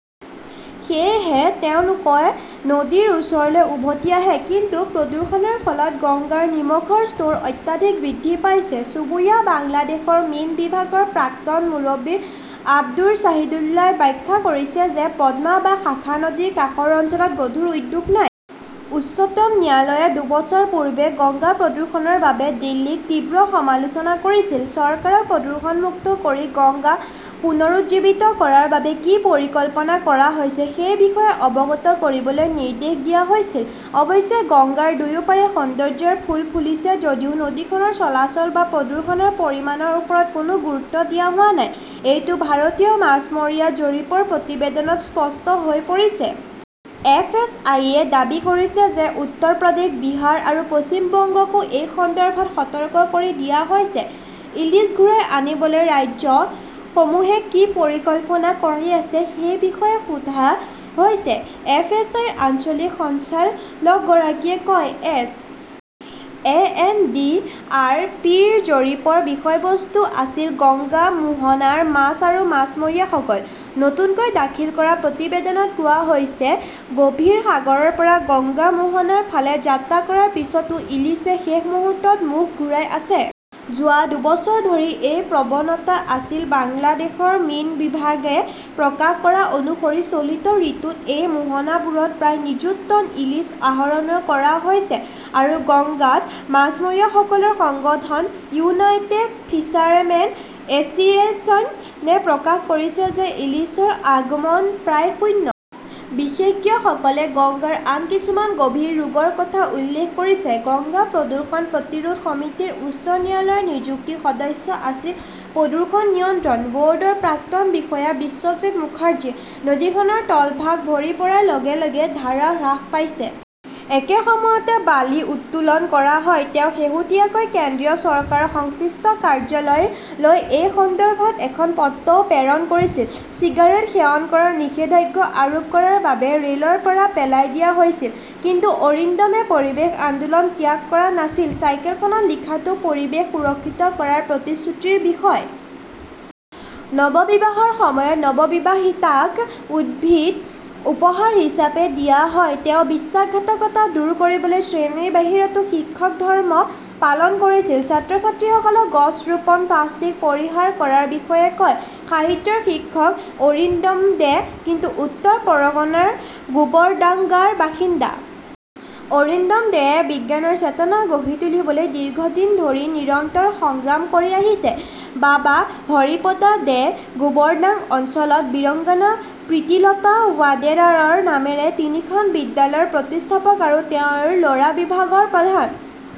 সেয়েহে তেওঁলোকে নদীৰ ওচৰলৈ উভতি আহে। কিন্তু প্ৰদূষণৰ ফলত গংগাৰ নিমখৰ স্তৰ অত্যাধিক বৃদ্ধি পাইছে। চুবুৰীয়া বাংলাদেশৰ মীন বিভাগৰ প্ৰাক্তন মুৰব্বী আব্দুৰ শ্বাহিদুল্লাই ব্যাখ্যা কৰিছে যে পদ্মা বা শাখা নদীৰ কাষৰ অঞ্চলত গধুৰ উদ্যোগ নাই। উচ্চতম ন্যায়ালয়ে দুবছৰ পূৰ্বে গংগা প্ৰদূষণৰ বাবে দিল্লীক তীব্ৰ সমালোচনা কৰিছিল। চৰকাৰক প্ৰদূষণমুক্ত কৰি গংগা পুনৰুজ্জীৱিত কৰাৰ বাবে কি পৰিকল্পনা কৰা হৈছে সেই বিষয়ে অৱগত কৰিবলৈ নিৰ্দেশ দিয়া হৈছিল। অৱশ্যে, গংগাৰ দুয়োপাৰে সৌন্দৰ্য্যৰ ফুল ফুলিছে যদিও নদীখনৰ চলাচল বা প্ৰদূষণৰ পৰিমাণৰ ওপৰত কোনো গুৰুত্ব দিয়া হোৱা নাই, এইটো ভাৰতীয় মাছমৰীয়া জৰীপৰ প্ৰতিবেদনত স্পষ্ট হৈ পৰিছে। এফএছআইয়ে দাবী কৰিছে যে উত্তৰ প্ৰদেশ, বিহাৰ আৰু পশ্চিম বংগকো এই সন্দৰ্ভত সতৰ্ক কৰি দিয়া হৈছে। ইলিশ ঘূৰাই আনিবলৈ ৰাজ্যসমূহে কি পৰিকল্পনা কৰি আছে সেই বিষয়ে সোধা হৈছে, এফএছআইৰ আঞ্চলিক সঞ্চালকগৰাকীয়ে কয়। S. A. N. D. R. P. -ৰ জৰীপৰ বিষয়বস্তু আছিল গংগা মোহনাৰ মাছ আৰু মাছমৰীয়াসকল। নতুনকৈ দাখিল কৰা প্ৰতিবেদনত কোৱা হৈছে-গভীৰ সাগৰৰ পৰা গংগা মোহনাৰ ফালে যাত্ৰা কৰাৰ পিছতো ইলিছে শেষ মুহূৰ্তত মুখ ঘূৰাই আছে। যোৱা দুবছৰ ধৰি এই প্ৰৱণতা আছিল। বাংলাদেশৰ মীন বিভাগে প্ৰকাশ কৰা অনুসৰি চলিত ঋতুত এই মোহনাবোৰত প্ৰায় নিযুত টন ইলিছ আহৰণ কৰা হৈছে। আৰু গংগাত? মাছমৰীয়াসকলৰ সংগঠন ইউনাইটেড ফিছাৰমেন এছ'চিয়েশ্যনে প্ৰকাশ কৰিছে যে ইলিছৰ আগমন প্ৰায় শূন্য। বিশেষজ্ঞসকলে গংগাৰ আন কিছুমান গভীৰ ৰোগৰ কথা উল্লেখ কৰিছে। গংগা প্ৰদূষণ প্ৰতিৰোধ সমিতিৰ উচ্চ ন্যায়ালয়ৰ নিযুক্ত সদস্য আছিল প্ৰদূষণ নিয়ন্ত্ৰণ ব'ৰ্ডৰ প্ৰাক্তন বিষয়া বিশ্বজিত মুখাৰ্জী। নদীখনৰ তলভাগ ভৰি পৰাৰ লগে লগে ধাৰা হ্ৰাস পাইছে। একে সময়তে বালি উত্তোলন কৰা হয়। তেওঁ শেহতীয়াকৈ কেন্দ্ৰীয় চৰকাৰৰ সংশ্লিষ্ট কাৰ্যালয়লৈ এই সন্দৰ্ভত এখন পত্ৰও প্ৰেৰণ কৰিছিল। চিগাৰেট সেৱন কৰাত নিষেধাজ্ঞা আৰোপ কৰাৰ বাবে ৰেলৰ পৰা পেলাই দিয়া হৈছিল, কিন্তু অৰিন্দমে পৰিৱেশ আন্দোলন ত্যাগ কৰা নাছিল চাইকেলখনত লিখাটো, পৰিৱেশ সুৰক্ষিত কৰাৰ প্ৰতিশ্ৰুতিৰ বিষয়ে। নৱবিবাহৰ সময়ত নৱবিবাহিতাক উদ্ভিদ উপহাৰ হিচাপে দিয়া হয়। তেওঁ বিশ্বাসঘাতকতা দূৰ কৰিবলৈ শ্ৰেণীৰ বাহিৰতো শিক্ষক ধৰ্ম পালন কৰিছিল। ছাত্ৰ-ছাত্ৰীসকলক গছ ৰোপণ, প্লাষ্টিক পৰিহাৰ কৰাৰ বিষয়ে কয়। সাহিত্যৰ শিক্ষক অৰিন্দম দে, কিন্তু উত্তৰ পৰগনাৰ গোবৰডাংগাৰ বাসিন্দা। অৰিন্দম দেয়ে বিজ্ঞানৰ চেতনা গঢ়ি তুলিবলৈ দীৰ্ঘদিন ধৰি নিৰন্তৰ সংগ্ৰাম কৰি আহিছে। বাবা হৰিপদা দে গোবৰডাং অঞ্চলত বীৰঙ্গনা প্ৰীতিলতা ৱাডেদাৰৰ নামেৰে তিনিখন বিদ্যালয়ৰ প্ৰতিষ্ঠাপক আৰু তেওঁৰ ল'ৰা বিভাগৰ প্ৰধান।